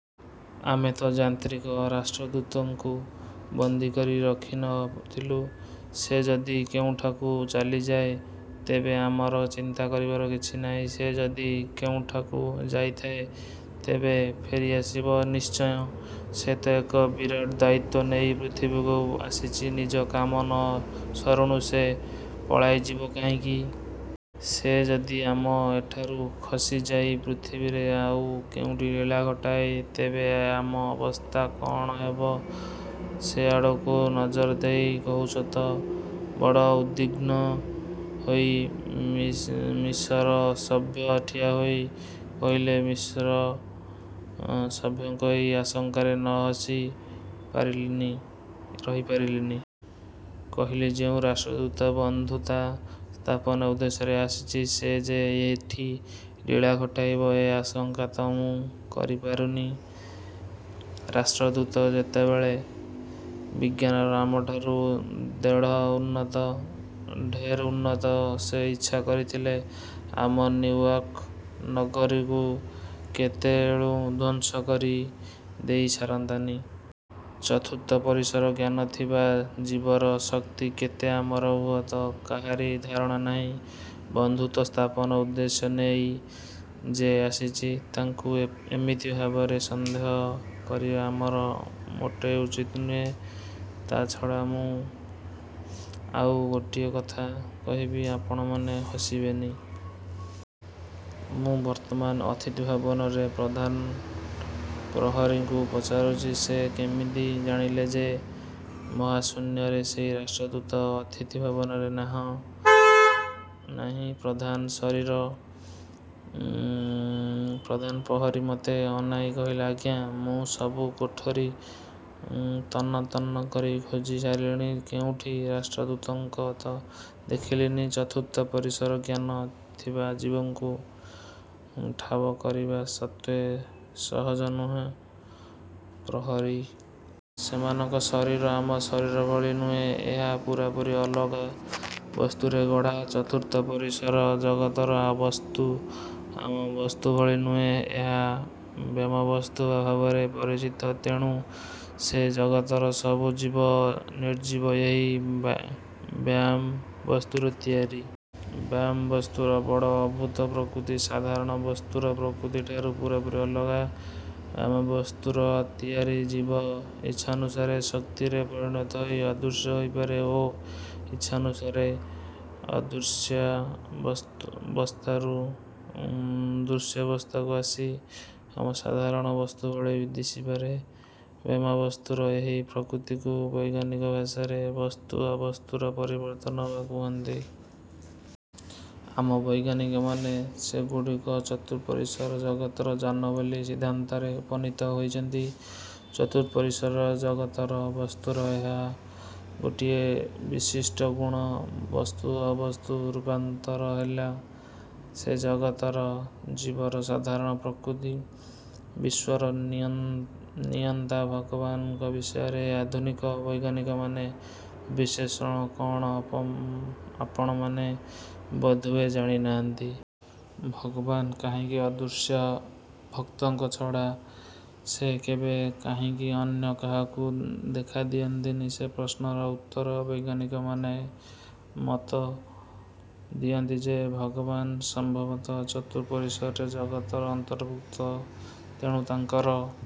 ଆମେ ତ ଯାନ୍ତ୍ରିକ ରାଷ୍ଟ୍ରଦୂତକୁ ବନ୍ଦୀକରି ରଖି ନ ଥିଲୁ, ସେ ଯଦି କେଉଁଠାକୁ ଚାଲିଯାଏ, ତେବେ ଆମର ଚିନ୍ତା କରିବାର କିଛି ନାହିଁ। ସେ ଯଦି କେଉଁଠାକୁ ଯାଇଥାଏ, ତେବେ ଫେରିଆସିବ ନିଶ୍ଚୟ। ସେ ତ ଏକ ବିରାଟ ଦାୟିତ୍ୱ ନେଇ ପୃଥିବୀକୁ ଆସିଛି ନିଜ କାମ ନ ସରୁଣୁ ସେ ପଳାଇଯିବ କାହିଁକି? 'ସେ ଯଦି ଆମ ଏଠାରୁ ଖସିଯାଇ ପୃଥିବୀରେ ଆଉ କେଉଁଠି ଲୀଳା ଘଟାଏ, ତେବେ ଆମ ଅବସ୍ଥା କଅଣ ହେବ ସେଆଡ଼କୁ ନଜର ଦେଇ କହୁଛୁ ତ? ବଡ଼ ଉଦ୍ବିଘ୍ନ ହୋଇ ମିଶର ସଭ୍ୟ ଠିଆହୋଇ କହିଲେ ମିଶର ସଭ୍ୟଙ୍କ ଏ ଆଶଙ୍କାରେ ନ ହସି ରହିପାରିଲିନି। କହିଲି, ଯେଉଁ ରାଷ୍ଟ୍ରଦୂତ ବନ୍ଧୁତା ସ୍ଥାପନ ଉଦ୍ଦେଶ୍ୟରେ ଆସିଛି, ସେ ଯେ ଏଠି ଲୀଳା ଘଟାଇବ ଏ ଆଶଙ୍କା ତ ମୁଁ କରି ପାରୁନି। ରାଷ୍ଟ୍ରଦୂତ ଯେତେବେଳେ ବିଜ୍ଞାନରେ ଆମଠାରୁ ଢେର ଉନ୍ନତ ସେ ଇଚ୍ଛା କରିଥିଲେ, ଆମ ନିଉୟର୍କ ନଗରୀକୁ କେତେବେଳୁଁ ଧ୍ୱଂସ କରି ଦେଇ ସାରନ୍ତାଣି। ଚତୁର୍ଥ ପରିସର ଜ୍ଞାନ ଥିବା ଜୀବର ଶକ୍ତି କେତେ ଆମର ହୁଅତ କାହାରି ଧାରଣା ନାହିଁ, ବନ୍ଧୁତ୍ୱସ୍ଥାପନ ଉଦ୍ଦେଶ୍ୟ ନେଇ ଯେ ଆସିଛି, ତାକୁ ଏମିତି ଭାବରେ ସନ୍ଦେହ କରିବା ଆମର ମୋଟେ ଉଚିତ୍ ନୁହେଁ। ତା ଛଡ଼ା ମୁଁ ଆଉ ଗୋଟିଏ କଥା କହିବି, ଆପଣମାନେ ହସିବେନି। ମୁଁ ବର୍ତ୍ତମାନ ଅତିଥିଭବନର ପ୍ରଧାନ ପ୍ରହରୀକୁ ପଚାରୁଛି, ସେ କେମିତି ଜାଣିଲେ ଯେ ମହାଶୂନ୍ୟର ସେହି ରାଷ୍ଟ୍ରଦୂତ ଅତିଥିଭବନରେ ନାହିଁ। ପ୍ରଧାନ ପ୍ରହରୀ ମୋତେ ଅନାଇଁ କହିଲା ଆଜ୍ଞା, ମୁଁ ସବୁ କୋଠରୀ ତନ୍ନତନ୍ନ କରି ଖୋଜି ସାରିଲିଣି କେଉଁଠି ରାଷ୍ଟ୍ରଦୂତଙ୍କୁ ତ ଦେଖିଲିନି। ଚତୁର୍ଥ ପରିସର ଜ୍ଞାନ ଥିବା ଜୀବକୁ ଠାବ କରିବା ସେତେ ସହଜ ନୁହେ ପ୍ରହରୀ। ସେମାନଙ୍କ ଶରୀର ଆମ ଶରୀର ଭଳି ନୁହେଁ ଏହା ପୂରାପୂରି ଅଲଗା ବସ୍ତୁରେ ଗଢ଼ା। ଚତୁର୍ଥ ପରିସର ଜଗତର ବସ୍ତୁ ଆମ ବସ୍ତୁଭଳି ନୁହେଁ। ଏହା ବ୍ୟୋମବସ୍ତୁ ବା ଭାବରେ। ପରିଚିତ; ତେଣୁ ସେ ଜଗତରେ ସବୁ ଜୀବ, ନିର୍ଜୀବ, ଏହି ବ୍ୟୋମ ବସ୍ତୁରୁ ତିଆରି। ବ୍ୟୋମବସ୍ତୁର ବଡ଼ ଅଦ୍ଭୁତ ପ୍ରକୃତି; ସାଧାରଣ ବସ୍ତୁର ପ୍ରକୃତି ଠାରୁ ପୂରାପୂରି ଅଲଗା। ବ୍ୟୋମବସ୍ତୁରୁ ତିଆରି ଜୀବ ଇଚ୍ଛାନୁସାରେ ଶକ୍ତିରେ ପରିଣତ ହୋଇ ଅଦୃଶ୍ୟ ହୋଇପାରେ ଓ ଇଛାନୁସାରେ ଅଦୃଶ୍ୟାବସ୍ଥାରୁ ଦୃଶ୍ୟାବସ୍ଥାକୁ ଆସି ଆମକୁ ସାଧାରଣ ବସ୍ତୁଭଳି ଦିଶିପାରେ। ବ୍ୟୋମବସ୍ତୁର ଏହି ପ୍ରକୃତିକୁ ବୈଜ୍ଞାନିକ ଭାଷାରେ ବସ୍ତୁ ଅବସ୍ତୁର ପରିବର୍ତ୍ତନ ବା କହନ୍ତି। ଆମ ବୈଜ୍ଞାନିକମାନେ ସେଗୁଡ଼ିକ ଚତୁଃପରିସର ଜଗତର ଯାନ ବୋଲି ସିଦ୍ଧାନ୍ତରେ ଉପନୀତ ହୋଇଛନ୍ତି। ଚତୁଃପରିସର ଜଗତର ବସ୍ତୁର ଏହା ଗୋଟିଏ ବିଶିଷ୍ଟ ଗୁଣ। ବସ୍ତୁ ଅବସ୍ତୁ ରୂପାନ୍ତର ହେଲା ସେ ଜଗତର ଜୀବର ସାଧାରଣ ପ୍ରକୃତି। ବିଶ୍ୱର ନିୟନ୍ତା ଭଗବାନଙ୍କ ବିଷୟରେ ଆଧୁନିକ ବୈଜ୍ଞାନିକମାନେ ବିଶ୍ଳେଷଣ କ'ଣ ଆପଣମାନେ ବୋଧହୁଏ ଜାଣିନାହାନ୍ତି। ଭଗବାନ କାହିଁକି ଅଦୃଶ୍ୟ, ଭକ୍ତଙ୍କ ଛଡ଼ା ସେ କେବେ କାହିଁକି ଅନ୍ୟ କାହାକୁ ଦେଖା ଦିଅନ୍ତିନି, ସେ ପ୍ରଶ୍ନର ଉତ୍ତରରେ ବୈଜ୍ଞାନିକମାନେ ମତ ଦିଅନ୍ତି ଯେ ଭଗବାନ ସମ୍ଭବତଃ ଚତୁଃପରିସର ଜଗତର ଅନ୍ତର୍ଭୁକ୍ତ ତେଣୁ ତାଙ୍କର